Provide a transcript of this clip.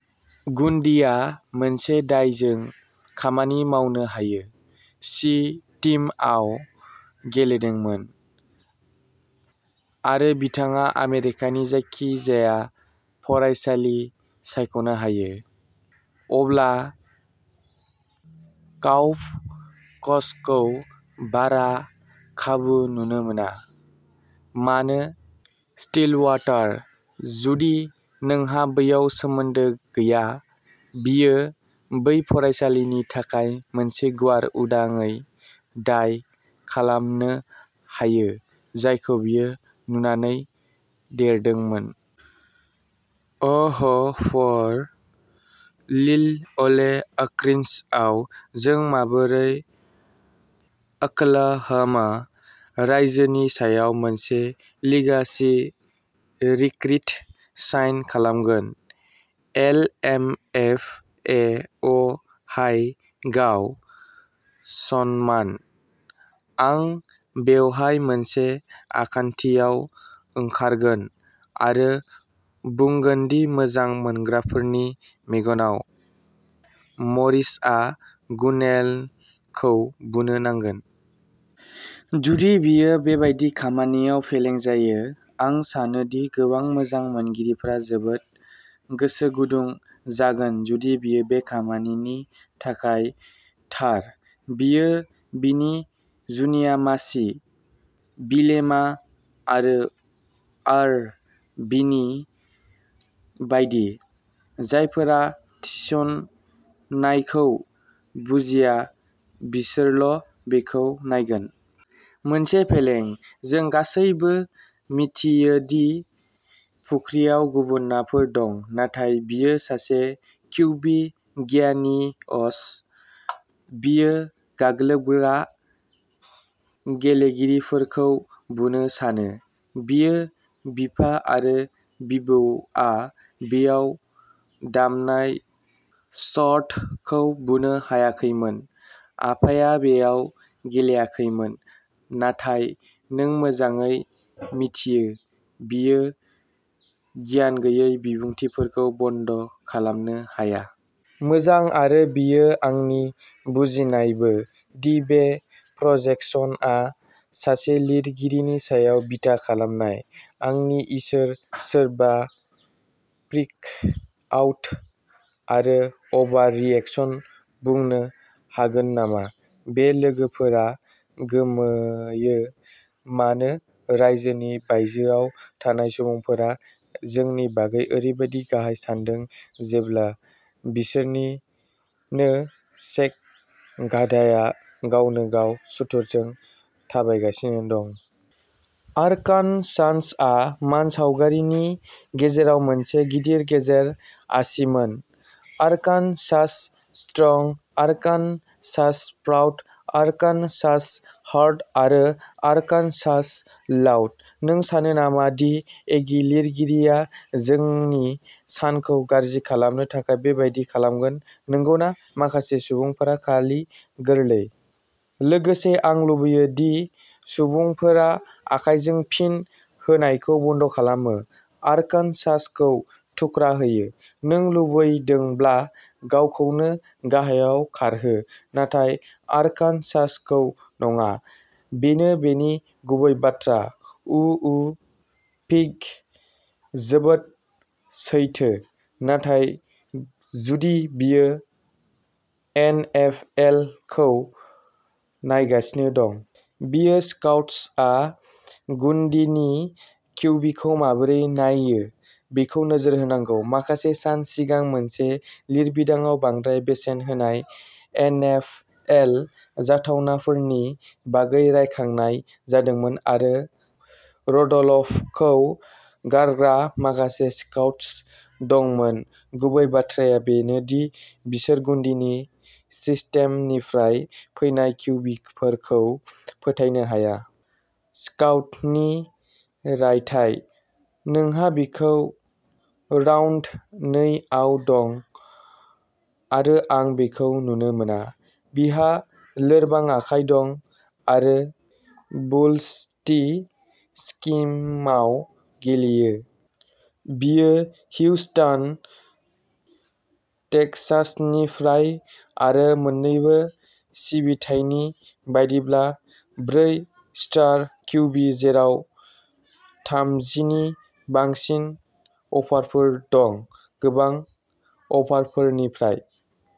गुन्डिआ मोनसे दायजों खामानि मावनो हायो। सि टीमआव गेलेदोंमोन आरो बिथाङा आमेरिकानि जायखिजाया फरायसालि सायख'नो हायो, अब्ला काउप'क्सखौ बारा खाबु नुनो मोना। मानो स्टिलवाटार, जुदि नोंहा बैयाव सोमोन्दो गैया? बियो बै फरायसालिनि थाखाय मोनसे गुवार उदाङै दाय खालामनो हायो जायखौ बियो नुनानै देरदोंमोन। अ'ह प'र लिल अले आर्किन्साव जों माबोरै अक्लाह'मा रायजोनि सायाव मोनसे लिगासि रिक्रिट साइन खालामगोन। एल एम एफ ए अ' हाय गाव सन्मान। आं बेवहाय मोनसे आखान्थियाव ओंखारगोन आरो बुंगोन दि मोजां मोनग्राफोरनि मेगनाव, मरिसआ गुनेलखौ बुनो नांगोन। जुदि बियो बेबादि खालामनायाव फेलें जायो, आं सानोदि गोबां मोजां मोनगिरिफोरा जोबोद गोसो गुदुं जागोन जुदि बियो बे खामानिनि थाखाय थार। बेयो बिनि जुनिया मासि, बिलेमा आरो आर बि नि बायदि। जायफोरा थिसननायखौ बुजिया बिसोरल' बेखौ नायगोन। मोनसे फेलें, जों गासैबो मिथियो दि फुख्रियाव गुबुन नाफोर दं। "नाथाय बियो सासे किउबि गियानिअस" "बियो गाग्लोबग्रा गेलेगिरिफोरखौ बुनो सानो" "बियो बिफा आरो बिबौआ बेयाव दामनाय स्टडखौ बुनो हायाखैमोन" आफाया बेयाव गेलेयाखैमोन, नाथाय नों मोजाङै मिथियो, बेयो गियान गैयै बिबुंथिफोरखौ बन्द खालामनो हाया। मोजां, आरो बेयो आंनि बुजिनायबो दि बे प्रजेकसनआ सासे लिरगिरिनि सायाव बिथा खालामनाय। आंनि इसोर, सोरबा "फ्रिक आउट" आरो "अभार रिएक्शन" बुंनो हागोन नामा? बे लोगोफोरा गोमोयो मानो रायजोनि बायजोआव थानाय सुबुंफोरा जोंनि बागै ओरैबादि गाहाय सान्दों जेब्ला बिसोरनि नो सेक गाधाया गावनोगाव सुथुरजों थाबायगासिनो दं। आर्कान्सान्सआ मानसावगारिनि गेजेराव मोनसे गिदिर गेजेर आसिमोन। Arkansas strong, Arkansas proud, Arkansas hard आरो आर्कान्सास लाउड। नों सानो नामा दि एगि लिरगिरिया जोंनि सानखौ गाज्रि खालामनो थाखाय बेबादि खालामगोन, नंगौना? माखासे सुबुंफोरा खालि गोरलै। लोगोसे आं लुबैयो दि सुबुंफोरा आखायजों फिन होनायखौ बन्द' खालामो। आरकानसासखौ थुख्रा होयो। नों लुबैदोंब्ला गावखौनो गाहायाव खारहो, नाथाय आरकानसासखौ नङा। बेनो बेनि गुबै बाथ्रा उउ पिग जोबोद सैथो, नाथाय जुदि बियो एनएफएलखौ नायगासिनो दं। बियो स्काउट्सआ गुन्डीनि क्यूबीखौ माबोरै नायो बेखौ नोजोर होनांगौ। माखासे सान सिगां मोनसे लिरबिदांआव बांद्राय बेसेन होनाय एनएफएल जाथावनाफोरनि बागै रायखांनाय जादोंमोन आरो रुडलफखौ गारग्रा माखासे स्काउट्स दंमोन। गुबै बाथ्राया बेनो दि बिसोर गुन्डीनि सिस्टेमनिफ्राय फैनाय क्यूबीफोरखौ फोथायनो हाया। स्काउटनि रायथाइः "नोंहा बिखौ राउन्ड नै आव दं आरो आं बेखौ नुनो मोना। बिहा लोरबां आखाइ दं आरो बुल्सटी स्किमाव गेलेयो। बियो ह्यूस्टन, टेक्सासनिफ्राय आरो मोन्नैबो सिबिथायनि बायदिब्ला ब्रै स्टार क्यूबी, जेराव थामजिनि बांसिन अफारफोर दं, गोबां अफारफोरनिफ्राय।